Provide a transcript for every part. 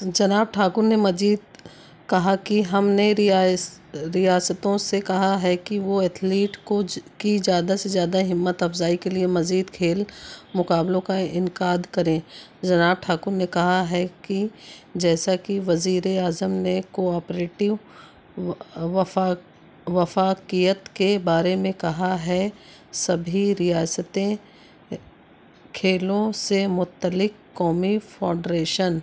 جناب ٹھاکر نے مزید کہا کہ ہم نے ریاستو سے کہا ہے کہ وہ ایتھلیٹ کی زیادہ سے زیادہ ہمت افزائی کے لیے مزید کھیل مقابلوں کا انعقد کریں۔ جناب ٹھاکر نے کہا کہ جیساکہ وزیراعظم نے کوآپریٹیو وفاقیت کے بارے میں کہا ہے سبھی ریاستیں کھیلوں سے متعلق قومی فیڈریشن ،.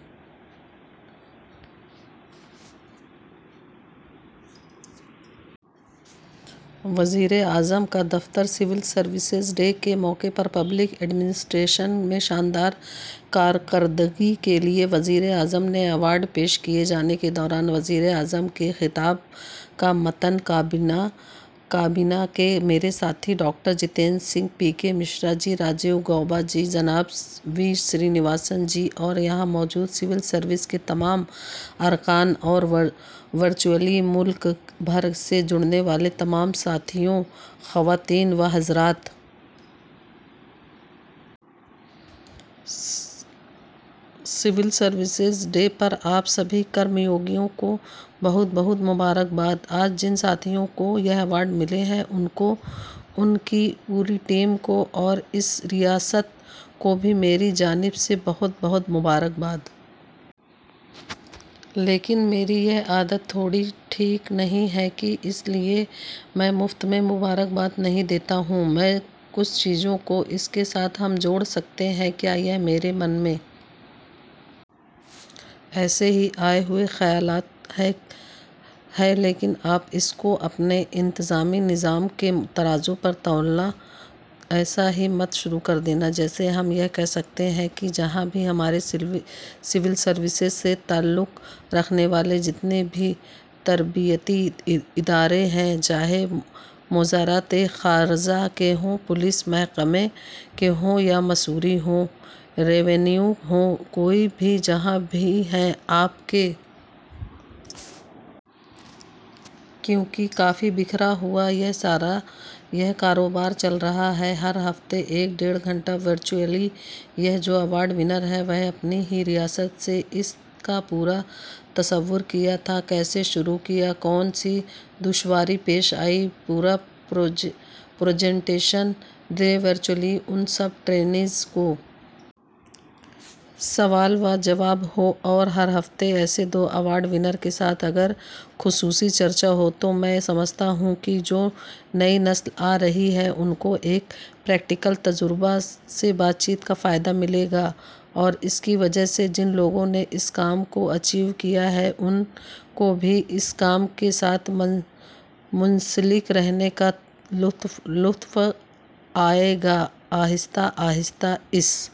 وزیراعظم کا دفتر سول سروسز ڈے کے موقع پر پبلک ایڈمنسٹریشن میں شاندار کارکردگی کے لئے وزیراعظم کے ایوارڈ پیش کئے جانے کے دوران وزیراعظم کے خطاب کا متن کابینہ کے میرے ساتھی ڈاکٹر جتیندر سنگھ، پی کے مشرا جی، راجیو گوبا جی، جناب وی سرینواسن جی اور یہاں موجود سول سروس کے تمام ارکان اور ورچوئلی ملک بھر سے جڑنے والے تمام ساتھیوں، خواتین و حضرات! سول سروسز ڈے پر آپ سبھی کرمیوگیوں کو بہت بہت مبارک باد۔ آج جن ساتھیوں کو یہ ایوارڈ ملے ہیں، ان کو ، ان کی پوری ٹیم کو اور اس ریاست کو بھی میری جانب سے بہت بہت مبارک باد۔ لیکن میری یہ عادت تھوڑی ٹھیک نہیں ہے اس لئے مفت میں مبارک باد نہیں دیتا ہوں میں۔ کچھ چیزوں کو اس کے ساتھ ہم جوڑ سکتے ہیں کیا؟ یہ میرے من میں ایسے ہی آئے ہوئے خیالات ہیں لیکن آپ اس کو اپنے انتظامی نظام کے ترازو پر تولنا ایسا ہی مت شروع کردینا، جیسے ہم یہ کرسکتے ہیں کہ جہاں بھی ہمارے سول سروسز سے تعلق رکھنے والے جتنے بھی تربیتی ادارے ہیں، چاہئے وزارت خارجہ کے ہوں، پولیس محکمے کے ہوں، یا مسوری ہو ، روینیو ہو ، کوئی بھی جہاں بھی ہے، آپ کے۔ کیونکہ کافی بکھرا ہوا یہ سارا یہ کاروبار چل رہا ہے، ہر ہفتے ایک ڈیڑھ گھنٹہ ورچوئلی یہ جو ایوارڈ ونر ہیں، وہ اپنی ہی ریاست سے اس کا پورا تصور کیا تھا، کیسے شروع کیا، کون سی دشواری پیش آئی، پورا پرزنٹیشن دیں ورچوئلی ان سب ٹرینیز کو۔ سوال وجواب ہوں اور ہر ہفتے ایسے دو ایوارڈ ونر کے ساتھ اگر خصوصی چرچا ہو، تو میں سمجھتا ہوں کہ جو نئی نسل آرہی ہے ، ان کو ایک پریکٹیکل تجربہ سے بات چیت کا فائدہ ملے گا اور اس کی وجہ سے جن لوگوں نے اس کام کو اچیو کیا ہے، ان کو بھی اس کام کے ساتھ منسلک رہنے کا لطف آئے گا۔ آہستہ آہستہ اس